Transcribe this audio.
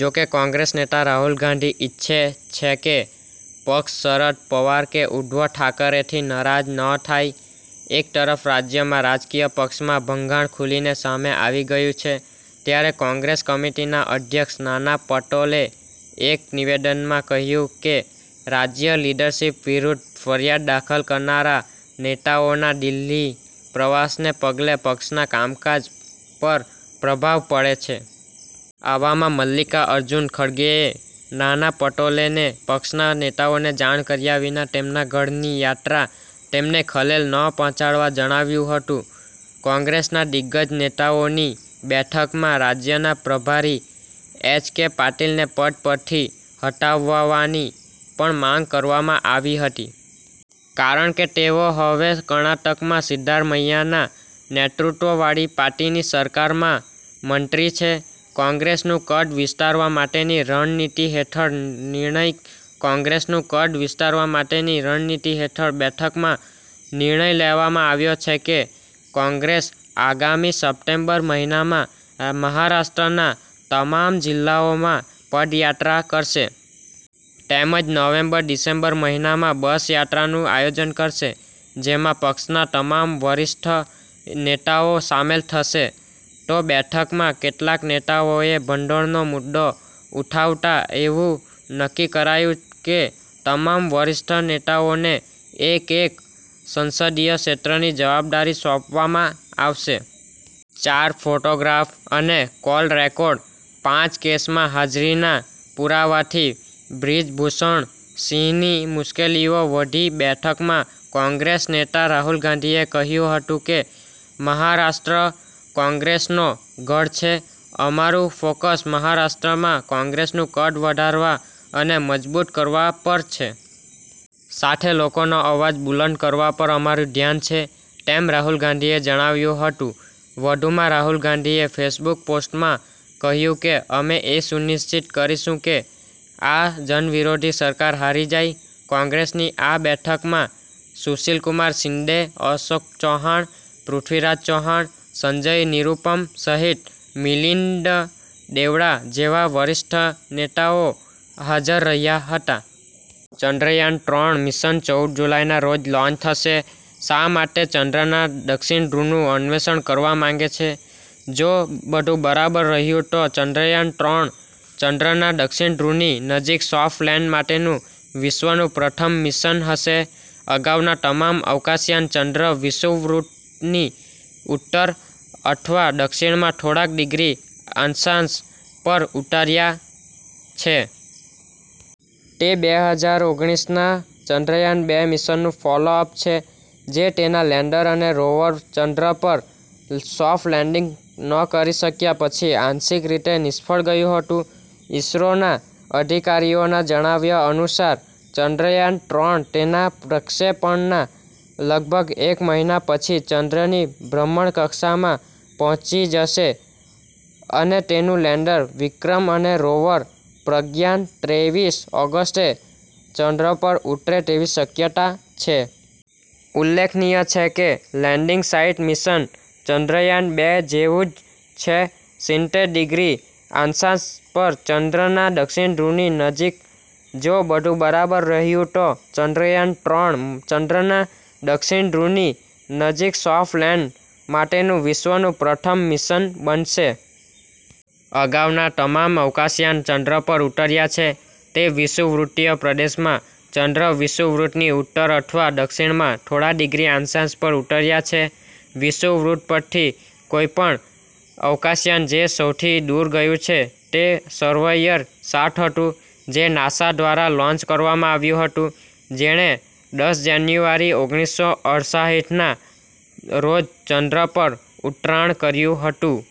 જો કે, કોંગ્રેસ નેતા રાહુલ ગાંધી ઇચ્છે છે કે પક્ષ શરદ પવાર કે ઉદ્ધવ ઠાકરેથી નારાજ ન થાય. એક તરફ રાજ્યમાં રાજકીય પક્ષમાં ભંગાણ ખુલીને સામે આવી ગયું છે. ત્યારે કોંગ્રેસ કમિટિના અધ્યક્ષ નાના પટોલે એક નિવેદનમાં કહ્યું કે, રાજ્ય લીડરશીપ વિરૂદ્ધ ફરિયાદ દાખલ કરનારા નેતાઓના દિલ્હી પ્રવાસને પગલે પક્ષના કામકાજ પર પ્રભાવ પડે છે. આવામાં મલ્લિકા અર્જુન ખડગેએ નાના પટોલેને પક્ષના નેતાઓને જાણ કર્યા વિના તેમના ગઢની યાત્રા તેમને ખલેલ ન પહોંચાડવા જણાવ્યું હતું. કોંગ્રેસના દિગ્ગજ નેતાઓની બેઠકમાં રાજ્યના પ્રભારી એચ. કે. પાટિલને પદ પરથી હટાવવાની પણ માંગ કરવામાં આવી હતી. કારણ કે તેઓ હવે કર્ણાટકમાં સિદ્ધારમૈયાના નેતૃત્વવાળી પાર્ટીની સરકારમાં મંત્રી છે. કોંગ્રેસનું કદ વિસ્તારવા માટેની રણનીતિ હેઠળ નિર્ણય કોંગ્રેસનું કદ વિસ્તારવા માટેની રણનીતિ હેઠળ બેઠકમાં નિર્ણય લેવામાં આવ્યો છે કે, કોંગ્રેસ આગમી સ્પ્ટેમ્બર મહિનામાં મહારાષ્ટ્રના તમામ જિલ્લાઓમાં પદયાત્રા કરશે. તેમજ નવેમબર-ડિસેમ્બર મહિનામાં બસ યાત્રાનું આયોજન કરશે. જેમાં પક્ષના તમામ વરિષ્ઠ નેતાઓ સામેલ થશે. તો બેઠકમાં કેટલાક નેતાઓએ ભંડોળનો મુદ્દો ઉઠાવતા એવું નક્કી કરાયું કે તમામ વરિષ્ઠ નેતાઓને એક-એક સંસદીય ક્ષેત્રની જવાબદારી સોંપવામાં આવશે. ચાર ફોટોગ્રાફ અને કોલ રેકોર્ડ, પાંચ કેસમાં હાજરીના પુરાવાથી બ્રિજભૂષણ સિંહની મુશ્કેલીઓ વધી બેઠકમાં કોંગ્રેસ નેતા રાહુલ ગાંધીએ કહ્યું હતું કે, મહારાષ્ટ્ર કોંગ્રેસનો ગઢ છે. અમારું ફોક્સ મહારાષ્ટ્રમાં કોંગ્રેસનું કદ વધારવા અને મજબૂત કરવા પર છે. સાથે લોકોનો અવાજ બુલંદ કરવા પર અમારું ધ્યાન છે તેમ રાહુલ ગાંધીએ જણાવ્યું હતું. વધુમાં રાહુલ ગાંધીએ ફેસબુક પોસ્ટમાં કહ્યું કે, અમે એ સુનિશ્વિત કરીશું કે, આ જનવિરોધી સરકાર હારી જાય. કોંગ્રેસની આ બેઠકમાં સુશીલ કુમાર શિંદે, અશોક ચૈહાણ, પૃથ્વીરાજ ચૌહાણ, સંજય નિરૂપમ સહિત મિલિંદ દેવડા જેવા વરિષ્ઠ નેતાઓ હાજર રહ્યા હતા. ચંદ્રયાન-ત્રણ મિશન ચૌદ જુલાઈના રોજ લોન્ચ થશે, શા માટે ચંદ્રના દક્ષિણ ધ્રુવનું અન્વેષણ કરવા માંગે છે? જો બધું બરાબર રહ્યું તો ચંદ્રયાન-ત્રણ ચંદ્રના દક્ષિણ ધ્રુવની નજીક સોફ્ટ-લેન્ડ માટેનું વિશ્વનું પ્રથમ મિશન હશે. અગાઉના તમામ અવકાશયાન ચંદ્ર વિષુવવૃત્તની ઉત્તર અથવા દક્ષિણમાં થોડાક ડિગ્રી અક્ષાંશ પર ઉતર્યા છે. તે બે હજાર ઓગણીસના ચંદ્રયાન-બે મિશનનું ફોલો-અપ છે, જે તેના લેન્ડર અને રોવર ચંદ્ર પર સોફ્ટ-લેન્ડિંગ ન કરી શક્યા પછી આંશિક રીતે નિષ્ફળ ગયું હતું. ઈસરોના અધિકારીઓના જણાવ્યા અનુસાર, ચંદ્રયાન-ત્રણ તેના પ્રક્ષેપણના લગભગ એક મહિના પછી ચંદ્રની ભ્રમણકક્ષામાં પહોંચી જશે અને તેનું લેન્ડર, વિક્રમ અને રોવર, પ્રજ્ઞાન ત્રેવીસ ઓગસ્ટે ચંદ્ર પર ઉતરે તેવી શક્યતા છે. ઉલ્લેખનીય છે કે, લેન્ડિંગ સાઇટ મિશન ચંદ્રયાન-બે જેવું જ છે. સીનતેર ડિગ્રી અક્ષાંશ પર ચંદ્રના દક્ષિણ ધ્રુવની નજીક. જો બધું બરાબર રહ્યું તો ચંદ્રયાન-ત્રણ ચંદ્રના દક્ષિણ ધ્રુવની નજીક સોફ્ટ-લેન્ડ માટેનું વિશ્વનું પ્રથમ મિશન બનશે. અગાઉના તમામ અવકાશયાન ચંદ્ર પર ઉતર્યા છે તે વિષુવવૃત્તીય પ્રદેશમાં, ચંદ્ર વિષુવવૃત્તની ઉત્તર અથવા દક્ષિણમાં થોડા ડિગ્રી અક્ષાંશ પર ઉતર્યા છે. વિષુવવૃત્ત પરથી કોઈપણ અવકાશયાન જે સૌથી દૂર ગયું છે તે સર્વેયર સાત હતું, જે નાસા દ્વારા લોન્ચ કરવામાં આવ્યું હતું, જેણે દસ જાન્યુઆરી, ઓગણીસો અળસાહિઠના રોજ ચંદ્ર પર ઉતરાણ કર્યું હતું.